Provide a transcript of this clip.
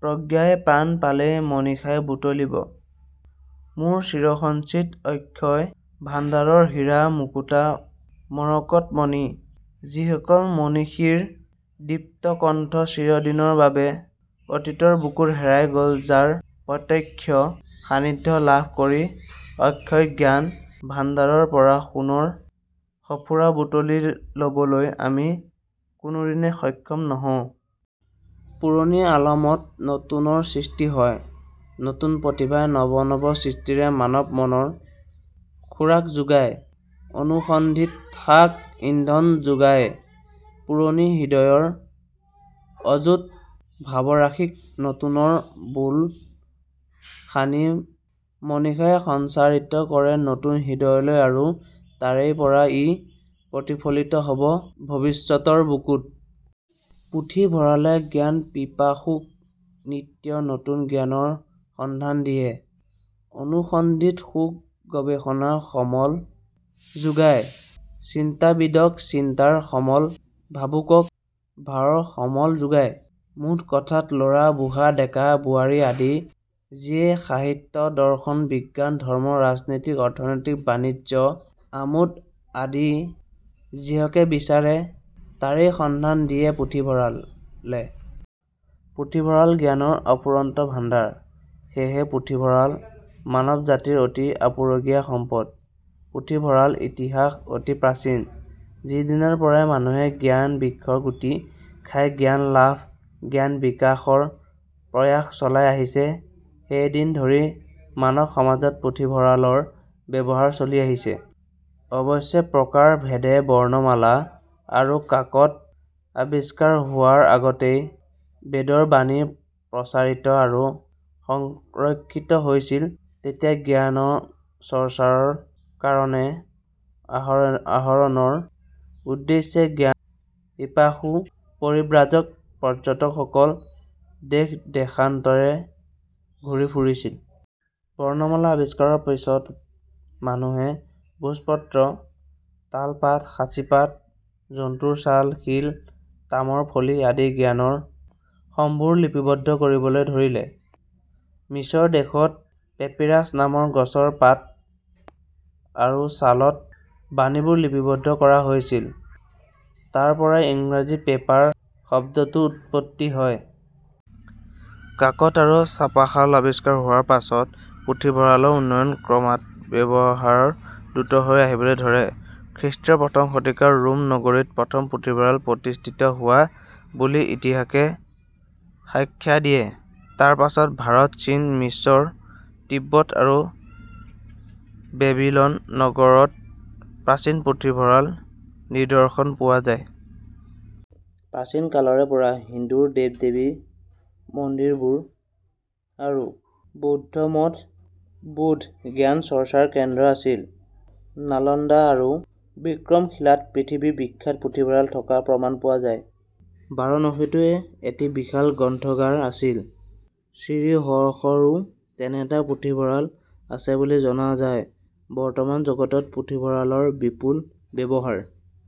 প্ৰজ্ঞাই প্ৰাণ পালে মনীষাই বুটলিব। মোৰ চিৰসঞ্চিত অক্ষয় ভাণ্ডাৰৰ হীৰা, মুকুতা, মৰকত মনি। যিসকল মনীষীৰ দীপ্ত কন্ঠ চিৰদিনৰ বাবে অতীতৰ বুকুত হেৰাই গল, যাৰ প্ৰত্যক্ষ সানিধ্য লাভ কৰি অক্ষয় জ্ঞান ভাণ্ডাৰৰ পৰা সোণৰ সফুৰা বুটলি ল'বলৈ আমি কোনোদিনেই সক্ষম নহঁও। পুৰণিৰ আলমত নতুনৰ সৃষ্টি হয়। নতুন প্ৰতিভাই নৱ নৱ সৃষ্টিৰে মানৱ মনৰ খোৰাক যোগায়, অনুসন্ধিৎসাক ইন্ধন যোগায়, পুৰণি হৃদয়ৰ অযুত ভাৱৰাশিক নতুনৰ বোল সানি মনীষাই সঞ্চাৰিত কৰে নতুন হৃদয়লৈ আৰু তাৰেই পৰা ই প্ৰতিফলিত হব ভবিষ্যতৰ বুকুত। পুথিভঁৰালে জ্ঞানপীপাসুক নিত্য নতুন জ্ঞানৰ সন্ধান দিয়ে। অনুসন্ধিৎসুক গৱেষণাৰ সমল যোগায়, চিন্তাবিদক চিন্তাৰ সমল, ভাবুকক ভাৱৰ সমল যোগায়। মুঠ কথাত লৰা, বুঢ়া, ডেকা, বোৱাৰী আদি যিয়েই সাহিত্য, দৰ্শন, বিজ্ঞান, ধৰ্ম, ৰাজনীতি, অৰ্থনীতি, বাণিজ্য, আমোদ আদি যিহকে বিচাৰে তাৰেই সন্ধান দিয়ে পুথিভঁৰালে। পুথিভঁৰাল জ্ঞানৰ অফুৰন্ত ভাণ্ডাৰ। সেয়েহে পুথিভঁৰাল মানৱ জাতিৰ অতি আপুৰুগীয়া সম্পদ। পুথি ভঁৰাল ইতিহাস অতি প্ৰাচীন। যিদিনাৰ পৰাই মানুহে জ্ঞান বৃক্ষৰ গুটি খাই জ্ঞান লাভৰ, জ্ঞান বিকাশৰ প্ৰয়াস চলাই আহিছে সেইদিন ধৰি মানৱ সমাজত পুথিভঁৰালৰ ব্যৱহাৰ চলি আহিছে, অৱশ্যে প্ৰকাৰ ভেদে বৰ্ণমালা আৰু কাকত আবিষ্কাৰ হোৱাৰ আগতেই বেদৰ বাণী প্ৰচাৰিত আৰু সংৰক্ষিত হৈছিল, তেতিয়া জ্ঞান- চৰ্চাৰ কাৰণে, আহৰণৰ উদ্দেশ্যে, জ্ঞান- পীপাসু পৰিব্ৰাজক, পৰ্যটকসকল দেশ দেশান্তৰে ঘূৰি ফুৰিছিল। বৰ্ণমালা আৱিষ্কাৰৰ পিচত মানুহে ভূৰ্জপত্ৰ, তালপাত, সাঁচিপাত, জন্তুৰ ছাল, শিল, তামৰ ফলি আদিত জ্ঞান- সম্ভোৰ লিপিবদ্ধ কৰিবলৈ ধৰিলে। মিচৰ দেশত পেপিৰাচ নামৰ গছৰ পাত আৰু ছালত বাণী বোৰ লিপিবদ্ধ কৰা হৈছিল। তাৰপৰা ইংৰাজী 'পেপাৰ ' শব্দটো উৎপত্তি হয়। কাকত আৰু ছপাশাল আৱিষ্কাৰ হোৱাৰ পিছত পুথিভঁৰলাৰ উন্নয়ন ক্ৰমাত ব্যৱহাৰ দ্ৰুত হৈ আহিবলে ধৰে। খৃষ্টীয় প্ৰথম শতিকাত ৰোম নগৰীত প্ৰথম পুথিভঁৰাল প্ৰতিষ্ঠিত হোৱা বুলি ইতিহাসে সাক্ষ্য দিয়ে। তাৰ পিছত ভাৰত চীন, মিচৰ, তিব্বত আৰু বেবিলন নগৰত প্ৰাচীন পুথিভঁৰালৰ নিদৰ্শন পোৱা যায়। প্ৰাচীন কালৰে পৰাই হিন্দুৰ দেৱ দেৱীৰ মন্দিৰ বোৰ আৰু বৌদ্ধমঠ বোধ জ্ঞান- চৰ্চাৰ কেন্দ্ৰ আছিল। নালন্দা আৰু বিক্ৰমশীলাত পৃথিৱী বিখ্যাত পুথিভঁৰাল থকাৰ প্ৰমাণ পোৱা যায়। বাৰণসীতো এটি বিশাল গ্ৰন্থাগাৰ আছিল। শ্ৰী হৰ্ষৰো তেনে এটা পুথি ভঁৰাল আছে বুলি জনা যায়। বৰ্তমান জগতত পুথিভঁৰালৰ বিপুল ব্যৱহাৰ